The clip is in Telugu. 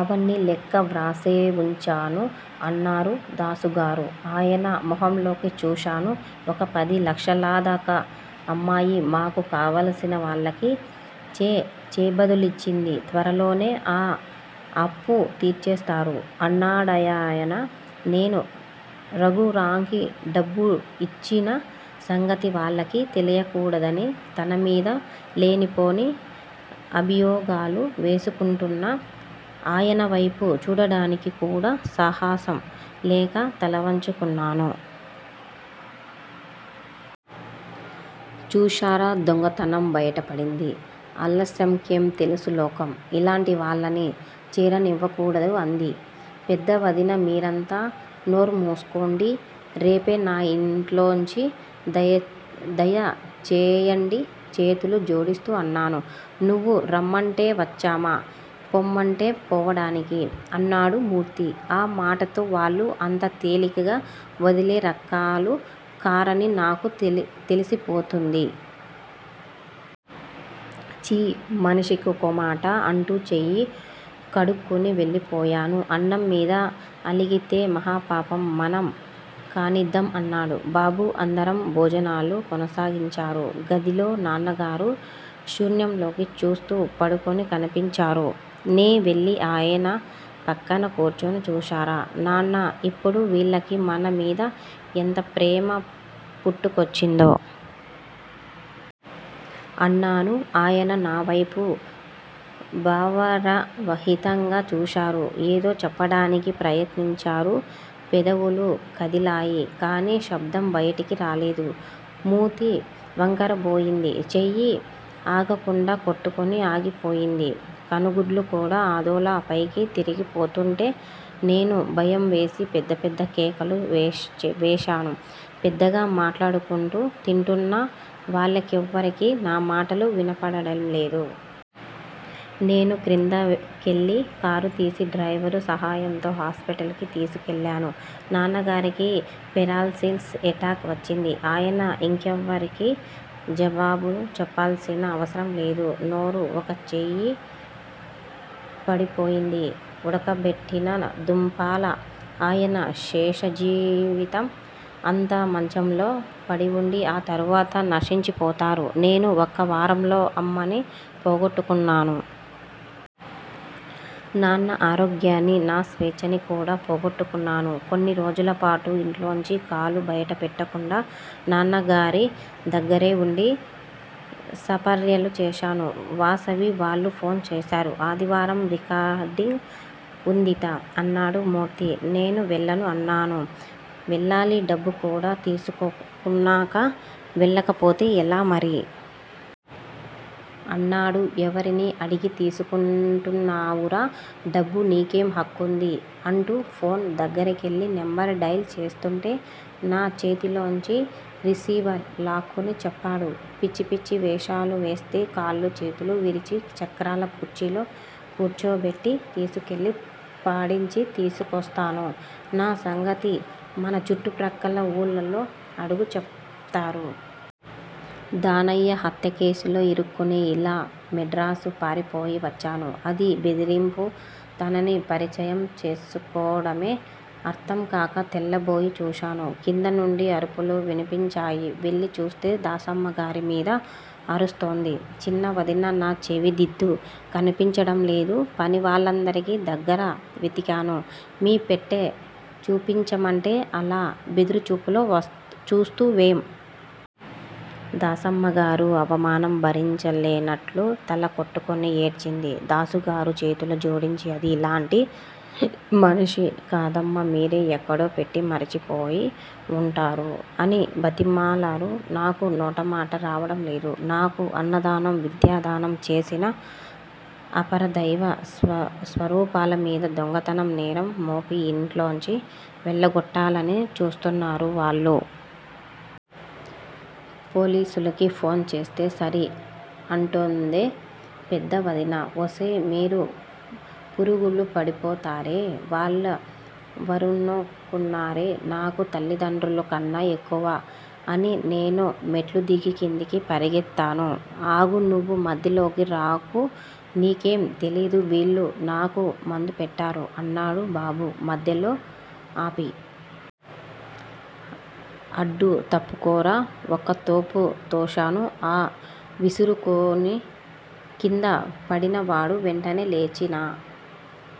అవన్నీ లెక్క వ్రాసే వుంచాను అన్నారు దాసుగారు. ఆయన మొహంలోకి చూశాను. ఒక పది లక్షలదాకా అమ్మాయి మాకు కావలసినవాళ్ళకి చేబదులిచ్చింది. త్వరలోనే ఆ అప్పూ తీర్చేస్తారు అన్నాడాయన. నేను రఘురాంకి డబ్బు యిచ్చిన సంగతి వాళ్ళకి తెలీయకూడదని తనమీద లేనిపోని అభియోగాలు వేసుకుంటున్న ఆయనవైపు చూడడానికి కూడా సాహసం లేక తలవంచుకున్నాను. చూశారా దొంగతనం బయటపడింది. అలస్యంకేం తెలుసు లోకం? ఇలాంటివాళ్ళని చేరనివ్వకూడదు అంది పెద్ద వదిన. మీరంతా నోర్మూసుకోండి. రేపే నా ఇంట్లోంచి దయచెయ్యండి చేతులు జోడిస్తూ అన్నాను. నువ్వు రమ్మంటే వచ్చామా పొమ్మంటే పోడానికి? అన్నాడు మూర్తి. ఆ మాటతో వాళ్ళు అంత తేలికగా వదిలే రకాలు కారని నాకు తెలిసిపోతుంది. ఛీ! మనిషికోకమాట అంటూ చెయ్యి కడుక్కుని వెళ్ళిపోయాను. అన్నం మీద అలిగితే మహాపాపం మనం కానిద్దాం అన్నాడు బాబు. అందరూ భోజనాలు కొనసాగించారు. గదిలో నాన్నగారు శూన్యంలోకి చూస్తూ పడుకుని కనిపించారు. నేవెళ్ళి ఆయన పక్కన కూర్చుని చూశారా నాన్నా? ఇప్పుడు వీళ్ళకి మన మీద ఎంత ప్రేమ పుట్టుకొచ్చిందో? అన్నాను. ఆయన నావైపు భావరహితంగా చూశారు. ఏదో చెప్పడానికి ప్రయత్నించారు. పెదవులూ కదిలాయి. కానీ శబ్దం బయటికి రాలేదు. మూతి వంకరబోయింది. చెయ్యి ఆగకుండా కొట్టుకుని ఆగిపోయింది. కనుగుడ్లు కూడా అదోలా పైకి తిరిగిపోతుంటే నేను భయం వేసి పెద్ద పెద్ద కేకలు వేశాను. పెద్దగా మాట్లాడుకుంటూ తింటున్న వాళ్ళెకెవ్వరికీ నా మాటలు వినపడంలేదు. నేను క్రిందకెళ్ళి కారుతీసి డ్రైవరు సాహయంతో హాస్పిటల్ కి తీసుకెళ్ళాను. నాన్నగారికి పెరాల్సిస్ ఎటాక్ వచ్చింది. ఆయన ఇంకెవరికీ జవాబులు చెప్పాల్సిన అవసరంలేదు. నోరూ, ఒక చెయ్యీ పడిపోయింది. ఉడకబెట్టిన దుంపలా ఆయన శేషజీవితం అంతా మంచంలో పడివుండి ఆ తర్వాత నశించిపోతారు. నేను ఒక్క వారంలో అమ్మని పోగొట్టుకున్నాను. నాన్న ఆరోగ్యాన్నీ, నా స్వేచ్చనీ కూడా పోగొట్టుకున్నాను. కొన్ని రోజులపాటు ఇంట్లోంచి కాలు బయటపెట్టకుండా నాన్నగారి దగ్గరే వుండి సపర్యలు చేశాను. వాసవి వాళ్ళు ఫోన్ చేశారు. ఆదివారం రికార్డింగ్ వుందిట అన్నాడు మూర్తి. నేను వెళ్ళను అన్నాను. వెళ్ళాలి డబ్బు కూడా తీసుకున్నాకా వెళ్ళకపోతే ఎలా మరి? అన్నాడు. ఎవరిని అడిగి తీసుకుంటున్నావురా డబ్బు? నీకేం హక్కుంది? అంటూ ఫోన్ దగ్గరకెళ్ళి నెంబర్ డైల్ చేస్తుంటే నా చేతిలోంచి రిసీవర్ లాక్కుని చెప్పాడు. పిచ్చి పిచ్చి వేషాలువేస్తే కాళ్ళూ చేతులూ విరిచి, చక్రాల కుర్చీలో కూర్చోపెట్టి తీసుకెళ్ళి పాడించి తీసుకొస్తాను. నా సంగతి మన చుట్టుప్రక్కల వూళ్ళల్లో అడుగు చెప్తారు. దానయ్య హత్యకేసులో ఇరుక్కునే ఇలా మెడ్రాసు పారిపోయి వచ్చాను. అది బెదిరింపొ, తనని పరిచయం చేసుకోడమె అర్ధంకాక తెల్లబోయి చూశాను. కింద నుండి అరుపులు వినిపించాయి. వెళ్ళి చూస్తే దాసమ్మగారి మీద అరుస్తోంది చిన్నవదిన. నా చెవిదిద్దు కనిపించడంలేదు. పనివాళ్ళందరి దగ్గరా వెతికాను. మీ పెట్టె చూపించమంటే అలా బెదురుచూపులు చూస్తువేం? దాసమ్మగారు అవమానం భరించలేనట్లు తల కొట్టుకుని ఏడ్చింది. దాసుగారు చేతులు జోడించి అది ఇలాంటి మనిషి కాదమ్మా! మీరే ఎక్కడో పెట్టి మరిచిపోయి వుంటారు అని బతిమాలారు. నాకు నోటమాట రావడంలేదు. నాకు అన్నదానం, విద్యాదానం చేసిన అపరదైవ స్వరూపాలమీద దొంగతనం నేరం మోపి యింట్లోంచి వెళ్ళగొట్టాలని చూస్తున్నారు వాళ్ళు. పోలీసులకి ఫోన్ చేస్తే సరి! అంటోంది పెద్ద వదిన. ఒసేయ్ మీరు పురుగులు పడిపోతారే వాళ్ళెవరనుకున్నారే? నాకు తల్లిదండ్రులకన్నా ఎక్కువ అని నేను మెట్లుదిగి కిందకి పరిగెత్తాను. ఆగు! నువ్వు మధ్యలోకి రాకు నీకేం తెలీదు. వీళ్ళు నాకు మందు పెట్టారు అన్నాడు బాబు మధ్యలో ఆపి. అడ్డు తప్పుకోరా! ఒక్కతోపు తోశాను. ఆ విసురుకొని కిందపడినవాడు వెంటనే లేచి నా